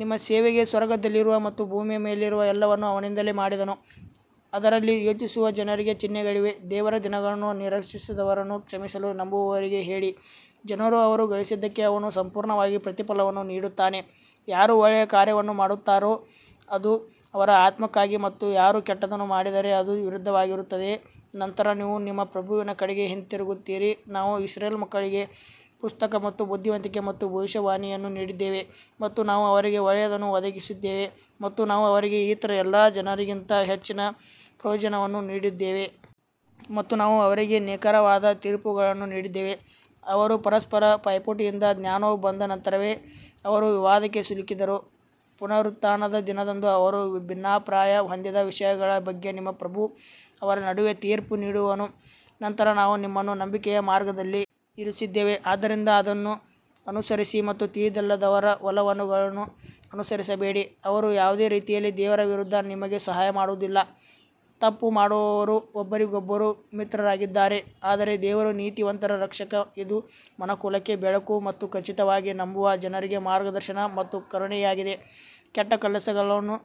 ನಿಮ್ಮ ಸೇವೆಗೆ ಸ್ವರ್ಗದಲ್ಲಿರುವ ಮತ್ತು ಭೂಮಿಯ ಮೇಲಿರುವ ಎಲ್ಲವನ್ನೂ ಅವನಿಂದಲೇ ಮಾಡಿದನು, ಅದರಲ್ಲಿ ಯೋಚಿಸುವ ಜನರಿಗೆ ಚಿಹ್ನೆಗಳಿವೆ. ದೇವರ ದಿನಗಳನ್ನು ನಿರೀಕ್ಷಿಸದವರನ್ನು ಕ್ಷಮಿಸಲು ನಂಬುವವರಿಗೆ ಹೇಳಿ, ಜನರು ಅವರು ಗಳಿಸಿದ್ದಕ್ಕೆ ಅವನು ಸಂಪೂರ್ಣವಾಗಿ ಪ್ರತಿಫಲವನ್ನು ನೀಡುತ್ತಾನೆ. ಯಾರು ಒಳ್ಳೆಯ ಕಾರ್ಯವನ್ನು ಮಾಡುತ್ತಾರೋ ಅದು ಅವರ ಆತ್ಮಕ್ಕಾಗಿ ಮತ್ತು ಯಾರು ಕೆಟ್ಟದ್ದನ್ನು ಮಾಡಿದರೆ ಅದು ವಿರುದ್ಧವಾಗಿರುತ್ತದೆ ನಂತರ ನೀವು ನಿಮ್ಮ ಪ್ರಭುವಿನ ಕಡೆಗೆ ಹಿಂತಿರುಗುತ್ತೀರಿ ನಾವು ಇಸ್ರೇಲ್ ಮಕ್ಕಳಿಗೆ ಪುಸ್ತಕ ಮತ್ತು ಬುದ್ಧಿವಂತಿಕೆ ಮತ್ತು ಭವಿಷ್ಯವಾಣಿಯನ್ನು ನೀಡಿದ್ದೇವೆ ಮತ್ತು ನಾವು ಅವರಿಗೆ ಒಳ್ಳೆಯದನ್ನು ಒದಗಿಸಿದ್ದೇವೆ ಮತ್ತು ನಾವು ಅವರಿಗೆ ಇತರ ಎಲ್ಲ ಜನರಿಗಿಂತ ಹೆಚ್ಚಿನ ಪ್ರಯೋಜನವನ್ನು ನೀಡಿದ್ದೇವೆ. ಮತ್ತು ನಾವು ಅವರಿಗೆ ನಿಖರವಾದ ತೀರ್ಪುಗಳನ್ನು ನೀಡಿದ್ದೇವೆ, ಅವರು ಪರಸ್ಪರ ಪೈಪೋಟಿಯಿಂದ ಜ್ಞಾನವು ಬಂದ ನಂತರವೇ ಅವರು ವಿವಾದಕ್ಕೆ ಸಿಲುಕಿದರು, ಪುನರುತ್ಥಾನದ ದಿನದಂದು ಅವರು ಭಿನ್ನಾಭಿಪ್ರಾಯ ಹೊಂದಿದ್ದ ವಿಷಯಗಳ ಬಗ್ಗೆ ನಿಮ್ಮ ಪ್ರಭು ಅವರ ನಡುವೆ ತೀರ್ಪು ನೀಡುವನು. ನಂತರ ನಾವು ನಿಮ್ಮನ್ನು ನಂಬಿಕೆಯ ಮಾರ್ಗದಲ್ಲಿ ಇರಿಸಿದ್ದೇವೆ ಆದ್ದರಿಂದ ಅದನ್ನು ಅನುಸರಿಸಿ ಮತ್ತು ತಿಳಿದಿಲ್ಲದವರ ಒಲವುಗಳನ್ನು ಅನುಸರಿಸಬೇಡಿ ಅವರು ಯಾವುದೇ ರೀತಿಯಲ್ಲಿ ದೇವರ ವಿರುದ್ಧ ನಿಮಗೆ ಸಹಾಯ ಮಾಡುವುದಿಲ್ಲ, ತಪ್ಪು ಮಾಡುವವರು ಒಬ್ಬರಿಗೊಬ್ಬರು ಮಿತ್ರರಾಗಿದ್ದಾರೆ ಆದರೆ ದೇವರು ನೀತಿವಂತರ ರಕ್ಷಕ ಇದು ಮನುಕುಲಕ್ಕೆ ಬೆಳಕು ಮತ್ತು ಖಚಿತವಾಗಿ ನಂಬುವ ಜನರಿಗೆ ಮಾರ್ಗದರ್ಶನ ಮತ್ತು ಕರುಣೆಯಾಗಿದೆ ಕೆಟ್ಟ ಕೆಲಸಗಳನ್ನು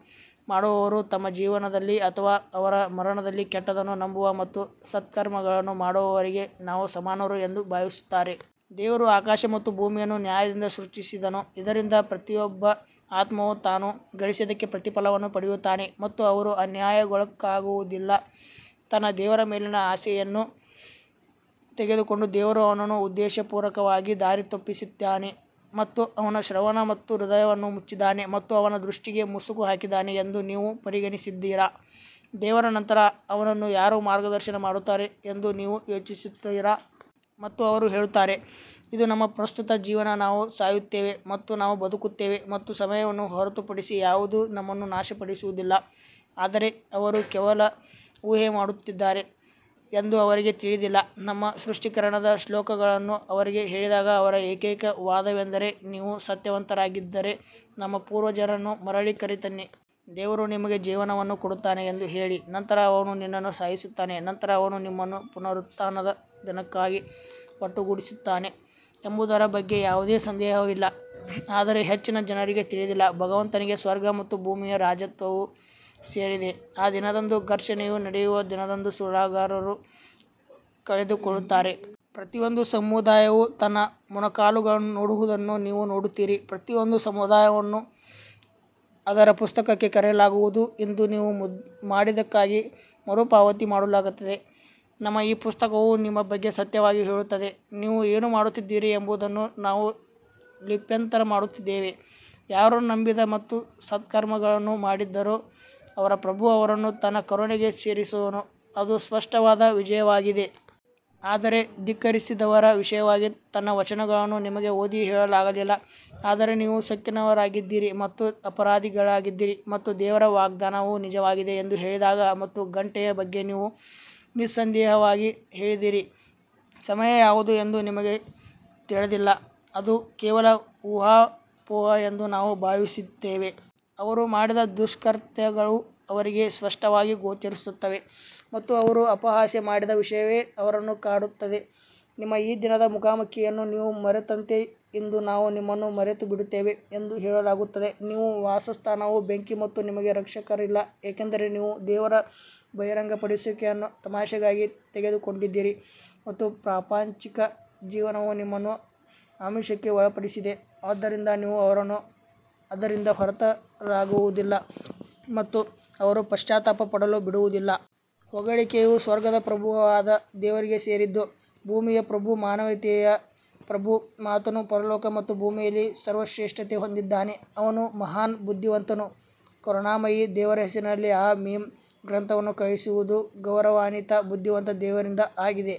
ಮಾಡುವವರು ತಮ್ಮ ಜೀವನದಲ್ಲಿ ಅಥವಾ ಅವರ ಮರಣದಲ್ಲಿ ಕೆಟ್ಟದ್ದನ್ನು ನಂಬುವ ಮತ್ತು ಸತ್ಕರ್ಮಗಳನ್ನು ಮಾಡುವವರಿಗೆ ನಾವು ಸಮಾನರು ಎಂದು ಭಾವಿಸುತ್ತಾರೆಯೇ? ದೇವರು ಆಕಾಶ ಮತ್ತು ಭೂಮಿಯನ್ನು ನ್ಯಾಯದಿಂದ ಸೃಷ್ಟಿಸಿದನು, ಇದರಿಂದ ಪ್ರತಿಯೊಬ್ಬ ಆತ್ಮವು ತಾನು ಗಳಿಸಿದ್ದಕ್ಕೆ ಪ್ರತಿಫಲವನ್ನು ಪಡೆಯುತ್ತಾನೆ ಮತ್ತು ಅವರು ಅನ್ಯಾಯಕ್ಕೊಳಗಾಗುವುದಿಲ್ಲ ತನ್ನ ದೇವರ ಮೇಲಿನ ಆಸೆಯನ್ನು ತೆಗೆದುಕೊಂಡು ದೇವರು ಅವನನ್ನು ಉದ್ದೇಶಪೂರ್ವಕವಾಗಿ ದಾರಿ ತಪ್ಪಿಸಿದ್ದಾನೆ ಮತ್ತು ಅವನ ಶ್ರವಣ ಮತ್ತು ಹೃದಯವನ್ನು ಮುಚ್ಚಿದ್ದಾನೆ ಮತ್ತು ಅವನ ದೃಷ್ಟಿಗೆ ಮುಸುಕು ಹಾಕಿದ್ದಾನೆ ಎಂದು ನೀವು ಪರಿಗಣಿಸಿದ್ದೀರಾ, ದೇವರ ನಂತರ ಅವನನ್ನು ಯಾರು ಮಾರ್ಗದರ್ಶನ ಮಾಡುತ್ತಾರೆ ಎಂದು ನೀವು ಯೋಚಿಸುತ್ತೀರಾ? ಮತ್ತು ಅವರು ಹೇಳುತ್ತಾರೆ ಇದು ನಮ್ಮ ಪ್ರಸ್ತುತ ಜೀವನ ನಾವು ಸಾಯುತ್ತೇವೆ ಮತ್ತು ನಾವು ಬದುಕುತ್ತೇವೆ ಮತ್ತು ಸಮಯವನ್ನು ಹೊರತುಪಡಿಸಿ ಯಾವುದೂ ನಮ್ಮನ್ನು ನಾಶಪಡಿಸುವುದಿಲ್ಲ ಆದರೆ ಅವರು ಕೇವಲ ಊಹೆ ಮಾಡುತ್ತಿದ್ದಾರೆ ಎಂದು ಅವರಿಗೆ ತಿಳಿದಿಲ್ಲ. ನಮ್ಮ ಸ್ಪಷ್ಟೀಕರಣದ ಶ್ಲೋಕಗಳನ್ನು ಅವರಿಗೆ ಹೇಳಿದಾಗ ಅವರ ಏಕೈಕ ವಾದವೆಂದರೆ ನೀವು ಸತ್ಯವಂತರಾಗಿದ್ದರೆ ನಮ್ಮ ಪೂರ್ವಜರನ್ನು ಮರಳಿ ಕರೆತನ್ನಿ. ದೇವರು ನಿಮಗೆ ಜೀವವನ್ನು ಕೊಡುತ್ತಾನೆ ಎಂದು ಹೇಳಿ ನಂತರ ಅವನು ನಿನ್ನನ್ನು ಸಾಯಿಸುತ್ತಾನೆ ನಂತರ ಅವನು ನಿಮ್ಮನ್ನು ಪುನರುತ್ಥಾನದ ದಿನಕ್ಕಾಗಿ ಒಟ್ಟುಗೂಡಿಸುತ್ತಾನೆ ಎಂಬುದರ ಬಗ್ಗೆ ಯಾವುದೇ ಸಂದೇಹವಿಲ್ಲ ಆದರೆ ಹೆಚ್ಚಿನ ಜನರಿಗೆ ತಿಳಿದಿಲ್ಲ ಭಗವಂತನಿಗೆ ಸ್ವರ್ಗ ಮತ್ತು ಭೂಮಿಯ ರಾಜತ್ವವು ಸೇರಿದೆ ಆ ದಿನದಂದು ಘರ್ಷಣೆಯು ನಡೆಯುವ ದಿನದಂದು ಸುಳ್ಳುಗಾರರು ಕಳೆದುಕೊಳ್ಳುತ್ತಾರೆ. ಪ್ರತಿಯೊಂದು ಸಮುದಾಯವು ತನ್ನ ಮೊಣಕಾಲುಗಳನ್ನು ನೋಡುವುದನ್ನು ನೀವು ನೋಡುತ್ತೀರಿ ಪ್ರತಿಯೊಂದು ಸಮುದಾಯವನ್ನು ಅದರ ಪುಸ್ತಕಕ್ಕೆ ಕರೆಯಲಾಗುವುದು ಇಂದು ನೀವು ಮಾಡಿದ್ದಕ್ಕಾಗಿ ಮರುಪಾವತಿ ಮಾಡಲಾಗುತ್ತಿದೆ ನಮ್ಮ ಈ ಪುಸ್ತಕವು ನಿಮ್ಮ ಬಗ್ಗೆ ಸತ್ಯವಾಗಿ ಹೇಳುತ್ತದೆ, ನೀವು ಏನು ಮಾಡುತ್ತಿದ್ದೀರಿ ಎಂಬುದನ್ನು ನಾವು ಲಿಪ್ಯಂತರ ಮಾಡುತ್ತಿದ್ದೇವೆ ಯಾರು ನಂಬಿದ ಮತ್ತು ಸತ್ಕರ್ಮಗಳನ್ನು ಮಾಡಿದರೋ ಅವರ ಪ್ರಭು ಅವರನ್ನು ತನ್ನ ಕರುಣೆಗೆ ಸೇರಿಸುವನು ಅದು ಸ್ಪಷ್ಟವಾದ ವಿಜಯವಾಗಿದೆ. ಆದರೆ ಧಿಕ್ಕರಿಸಿದವರ ವಿಷಯವಾಗಿ ನನ್ನ ವಚನಗಳನ್ನು ನಿಮಗೆ ಓದಿ ಹೇಳಲಾಗಲಿಲ್ಲ ಆದರೆ ನೀವು ಸೊಕ್ಕಿನವರಾಗಿದ್ದೀರಿ ಮತ್ತು ಅಪರಾಧಿಗಳಾಗಿದ್ದೀರಿ. ಮತ್ತು ದೇವರ ವಾಗ್ದಾನವು ನಿಜವಾಗಿದೆ ಎಂದು ಹೇಳಿದಾಗ ಮತ್ತು ಗಂಟೆಯ ಬಗ್ಗೆ ನೀವು ನಿಸ್ಸಂದೇಹವಾಗಿ ಹೇಳಿದ್ದೀರಿ, ಸಮಯ ಯಾವುದು ಎಂದು ನಮಗೆ ತಿಳಿದಿಲ್ಲ, ಅದು ಕೇವಲ ಊಹಾಪೋಹ ಎಂದು ನಾವು ಭಾವಿಸುತ್ತೇವೆ. ಅವರು ಮಾಡಿದ ದುಷ್ಕೃತ್ಯಗಳು ಅವರಿಗೆ ಸ್ಪಷ್ಟವಾಗಿ ಗೋಚರಿಸುತ್ತವೆ ಮತ್ತು ಅವರು ಅಪಹಾಸ್ಯ ಮಾಡಿದ ವಿಷಯವೇ ಅವರನ್ನು ಕಾಡುತ್ತದೆ ನಿಮ್ಮ ಈ ದಿನದ ಮುಖಾಮುಖಿಯನ್ನು ನೀವು ಮರೆತಂತೆ ಇಂದು ನಾವು ನಿಮ್ಮನ್ನು ಮರೆತುಬಿಡುತ್ತೇವೆ ಎಂದು ಹೇಳಲಾಗುತ್ತದೆ ನಿಮ್ಮ ವಾಸಸ್ಥಾನವು ಬೆಂಕಿ ಮತ್ತು ನಿಮಗೆ ರಕ್ಷಕರಿಲ್ಲ ಏಕೆಂದರೆ ನೀವು ದೇವರ ಬಹಿರಂಗಪಡಿಸುವಿಕೆಯನ್ನು ತಮಾಷೆಗಾಗಿ ತೆಗೆದುಕೊಂಡಿದ್ದೀರಿ ಮತ್ತು ಪ್ರಾಪಂಚಿಕ ಜೀವನವು ನಿಮ್ಮನ್ನು ಆಮಿಷಕ್ಕೆ ಒಳಪಡಿಸಿದೆ ಆದ್ದರಿಂದ ಇಂದು ಅವರನ್ನು ಅದರಿಂದ ಹೊರತರಲಾಗುವುದಿಲ್ಲ ಮತ್ತು ಅವರು ಪಶ್ಚಾತ್ತಾಪ ಪಡಲು ಬಿಡುವುದಿಲ್ಲ. ಹೊಗಳಿಕೆಯು ಸ್ವರ್ಗದ ಪ್ರಭುವಾದ ದೇವರಿಗೆ ಸೇರಿದ್ದು, ಭೂಮಿಯ ಪ್ರಭು ಮಾನವೀಯತೆಯ ಪ್ರಭು ಆತನು ಪರಲೋಕ ಮತ್ತು ಭೂಮಿಯಲ್ಲಿ ಸರ್ವಶ್ರೇಷ್ಠತೆ ಹೊಂದಿದ್ದಾನೆ, ಅವನು ಮಹಾನ್ ಬುದ್ಧಿವಂತನು ಕರುಣಾಮಯಿ ದೇವರ ಹೆಸರಿನಲ್ಲಿ ಹಾ ಮೀಮ್ ಗ್ರಂಥವನ್ನು ಕಳುಹಿಸುವುದು ಗೌರವಾನ್ವಿತ ಬುದ್ಧಿವಂತ ದೇವರಿಂದ ಆಗಿದೆ.